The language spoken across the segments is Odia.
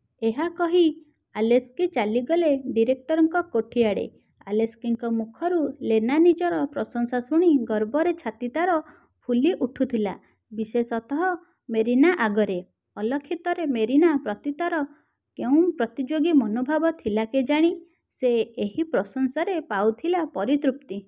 '' ଏହା କହି ଆଲେସ୍କି ଚାଲିଗଲେ ଡିରେକ୍ଟରଙ୍କ କୋଠି ଆଡ଼େ। ଆଲେସ୍କିଙ୍କ ମୁଖରୁ ଲେନା ନିଜର ପ୍ରଶଂସା ଶୁଣି ଗର୍ବରେ ଛାତି ତା'ର ଫୁଲି ଉଠୁଥିଲା, ବିଶେଷତଃ ମେରିନା ଆଗରେ। ଅଲକ୍ଷିତରେ ମେରିନା ପ୍ରତି ତା'ର କେଉଁ ପ୍ରତିଯୋଗୀ ମନୋଭାବ ଥିଲା କେଜାଣି, ସେ ଏହି ପ୍ରଶଂସାରେ ପାଉଥିଲା ପରିତୃପ୍ତି।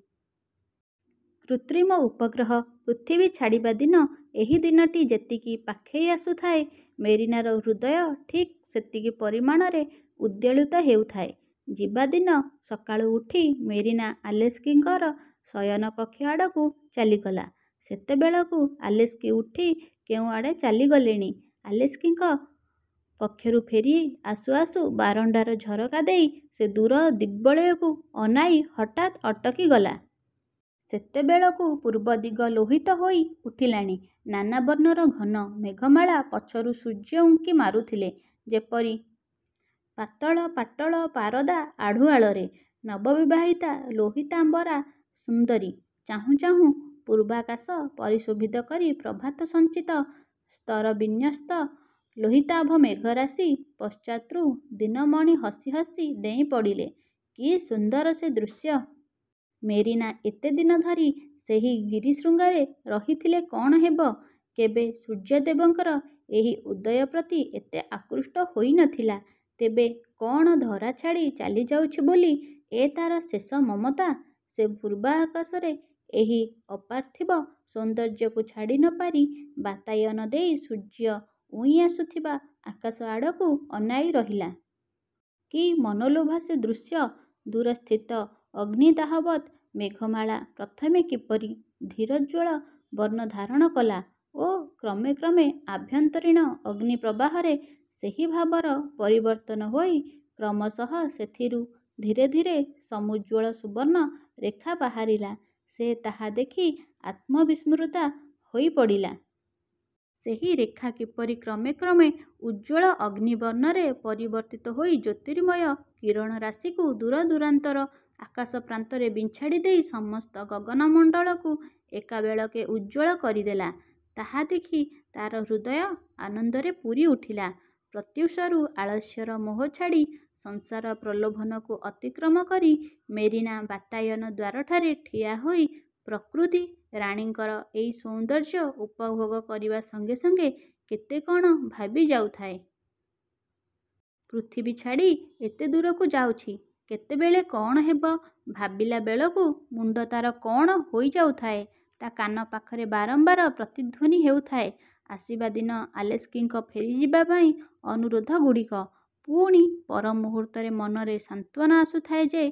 କୃତ୍ରିମ ଉପଗ୍ରହ ପୃଥିବୀ ଛାଡ଼ିବା ଦିନ ଏହି ଦିନଟି ଯେତିକି ପାଖେଇ ଆସୁଥାଏ, ମେରିନାର ହୃଦୟ ଠିକ୍ ସେତିକି ପରିମାଣରେ ଉଦ୍ବେଳିତ ହେଉଥାଏ। ଯିବା ଦିନ ସକାଳୁ ଉଠି ମେରିନା ଆଲେସ୍କିଙ୍କର ଶୟନକକ୍ଷ ଆଡ଼କୁ ଚାଲିଗଲା। ସେତେବେଳକୁ ଆଲେସ୍କି ଉଠି କେଉଁଆଡ଼େ ଚାଲିଗଲେଣି। ଆଲେସ୍କିଙ୍କ କକ୍ଷରୁ ଫେରି ଆସୁ ଆସୁ ବାରଣ୍ଡାର ଝରକା ଦେଇ ସେ ଦୂର ଦିଗ୍ବଳୟକୁ ଅନାଇ ହଠାତ୍ ଅଟକିଗଲା। ସେତେବେଳକୁ ପୂର୍ବଦିଗ ଲୋହିତ ହୋଇଉଠିଲାଣି। ନାନା ବର୍ଣ୍ଣର ଘନ ମେଘମାଳା ପଛରୁ ସୂର୍ଯ୍ୟ ଉଙ୍କି ମାରୁଥିଲେ; ଯେପରି ପାତଳ-ପାଟଳ-ପାରଦା ଆଢୁଆଳରେ ନବବିବାହିତା ଲୋହିତାମ୍ବରା ସୁନ୍ଦରୀ। ଚାହୁଁ ଚାହୁଁ ପୂର୍ବାକାଶ ପରିଶୋଭିତ କରି ପ୍ରଭାତସଞ୍ଚିତ ସ୍ତରବିନ୍ୟସ୍ତ ଲୋହିତାଭ ମେଘରାଶି ପଶ୍ଚାତ୍ରୁ ଦିନମଣି ହସି ହସି ଡେଇଁପଡ଼ିଲେ। କି ସୁନ୍ଦର ସେ ଦୃଶ୍ୟ! ମେରିନା ଏତେଦିନ ଧରି ସେହି ଗିରିଶୃଙ୍ଗରେ ରହିଥିଲେ କ'ଣ ହେବ, କେବେ ସୂର୍ଯ୍ୟଦେବଙ୍କର ଏହି ଉଦୟ ପ୍ରତି ଏତେ ଆକୃଷ୍ଟ ହୋଇ ନଥିଲା। ତେବେ କ'ଣ ଧରା ଛାଡ଼ି ଚାଲିଯାଉଛି ବୋଲି ଏ ତା'ର ଶେଷ ମମତା? ସେ ପୂର୍ବାକାଶରେ ଏହି। ଅପାର୍ଥିବ ସୌନ୍ଦର୍ଯ୍ୟକୁ ଛାଡ଼ି ନପାରି ବାତାୟନ ଦେଇ ସୂର୍ଯ୍ୟ ଉଇଁଆସୁଥିବା ଆକାଶ ଆଡ଼କୁ ଅନାଇ ରହିଲା। କି ମନୋଲୋଭା ସେ ଦୃଶ୍ୟ! ଦୂରସ୍ଥିତ ଅଗ୍ନିଦାହବତ୍ ମେଘମାଳା ପ୍ରଥମେ କିପରି ଧୀରୋଜ୍ଜ୍ୱଳ ବର୍ଣ୍ଣ ଧାରଣ କଲା ଓ କ୍ରମେ କ୍ରମେ ଆଭ୍ୟନ୍ତରୀଣ ଅଗ୍ନିପ୍ରବାହରେ ସେହି ଭାବର ପରିବର୍ତ୍ତନ ହୋଇ କ୍ରମଶଃ ସେଥିରୁ ଧୀରେ ଧୀରେ ସମୁଜ୍ଜ୍ୱଳ ସୁବର୍ଣ୍ଣ ରେଖା ବାହାରିଲା, ସେ ତାହା ଦେଖି ଆତ୍ମବିସ୍ମୃତା ହୋଇପଡ଼ିଲା। ସେହି ରେଖା କିପରି କ୍ରମେ କ୍ରମେ ଉଜ୍ଜ୍ୱଳ ଅଗ୍ନିବର୍ଣ୍ଣରେ ପରିବର୍ତ୍ତିତ ହୋଇ ଜ୍ୟୋତିର୍ମୟ କିରଣରାଶିକୁ ଦୂରଦୂରାନ୍ତର ଆକାଶପ୍ରାନ୍ତରେ ବିଞ୍ଛାଡ଼ି ଦେଇ ସମସ୍ତ ଗଗନମଣ୍ଡଳକୁ ଏକାବେଳକେ ଉଜ୍ଜ୍ୱଳ କରିଦେଲା, ତାହା ଦେଖି ତା'ର ହୃଦୟ ଆନନ୍ଦରେ ପୂରିଉଠିଲା। ପ୍ରତ୍ୟୁଷରୁ ଆଳସ୍ୟର ମୋହ ଛାଡ଼ି ସଂସାର ପ୍ରଲୋଭନକୁ ଅତିକ୍ରମ କରି ମେରିନା ବାତାୟନ ଦ୍ୱାରଠାରେ ଠିଆହୋଇ ପ୍ରକୃତି–ରାଣୀଙ୍କର ଏଇ ସୌନ୍ଦର୍ଯ୍ୟ ଉପଭୋଗ କରିବା ସଙ୍ଗେ ସଙ୍ଗେ କେତେ କ'ଣ ଭାବିଯାଉଥାଏ। ପୃଥିବୀ ଛାଡ଼ି ଏତେ ଦୂରକୁ ଯାଉଛି, କେତେବେଳେ କ'ଣ ହେବ, ଭାବିଲାବେଳକୁ ମୁଣ୍ଡ ତାର କଣ ହୋଇଯାଉଥାଏ। ତା' କାନ ପାଖରେ ବାରମ୍ବାର ପ୍ରତିଧ୍ୱନି ହେଉଥାଏ, ଆସିବା ଦିନ ଆଲେସ୍କିଙ୍କ ଫେରିଯିବା ପାଇଁ ଅନୁରୋଧଗୁଡ଼ିକ। ପୁଣି ପର ମୁହୂର୍ତ୍ତରେ ମନରେ ସାନ୍ତ୍ୱନା ଆସୁଥାଏ ଯେ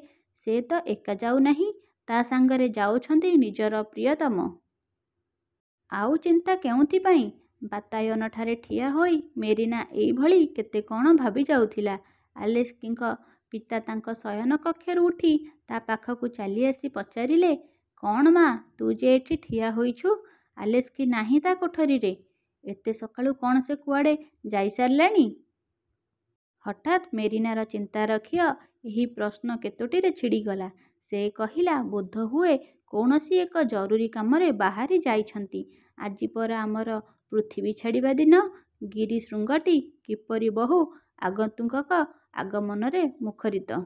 ସେ ତ ଏକା ଯାଉନାହିଁ, ତା ସାଙ୍ଗରେ ଯାଉଛନ୍ତି ନିଜର ପ୍ରିୟତମ। ଆଉ ଚିନ୍ତା କେଉଁଥିପାଇଁ? ବାତାୟନଠାରେ ଠିଆହୋଇ ମେରିନା ଏଇଭଳି କେତେ କ'ଣ ଭାବିଯାଉଥିଲା। ଆଲେସ୍କିଙ୍କ ପିତା ତାଙ୍କ ଶୟନ କକ୍ଷରୁ ଉଠି ତା ପାଖକୁ ଚାଲିଆସି ପଚାରିଲେ, ''କ'ଣ ମା, ତୁ ଯେ ଏଠି ଠିଆ ହୋଇଛୁ? ଆଲେସ୍କି ନାହିଁ ତା କୋଠରିରେ? ଏତେ ସକାଳୁ କ'ଣ ସେ କୁଆଡ଼େ ଯାଇସାରିଲାଣି-? '' ହଠାତ୍ ମେରିନାର ଚିନ୍ତାର ଖିଅ ଏହି ପ୍ରଶ୍ନ କେତୋଟିରେ ଛିଡ଼ିଗଲା। ସେ କହିଲା, ''ବୋଧହୁଏ, କୌଣସି ଏକ ଜରୁରୀ କାମରେ ବାହାରି ଯାଇଛନ୍ତି। ଆଜି ପରା ଆମର ପୃଥିବୀ ଛାଡ଼ିବା ଦିନ। ଗିରିଶୃଙ୍ଗଟି କିପରି ବହୁ ଆଗନ୍ତୁକଙ୍କ ଆଗମନରେ ମୁଖରିତ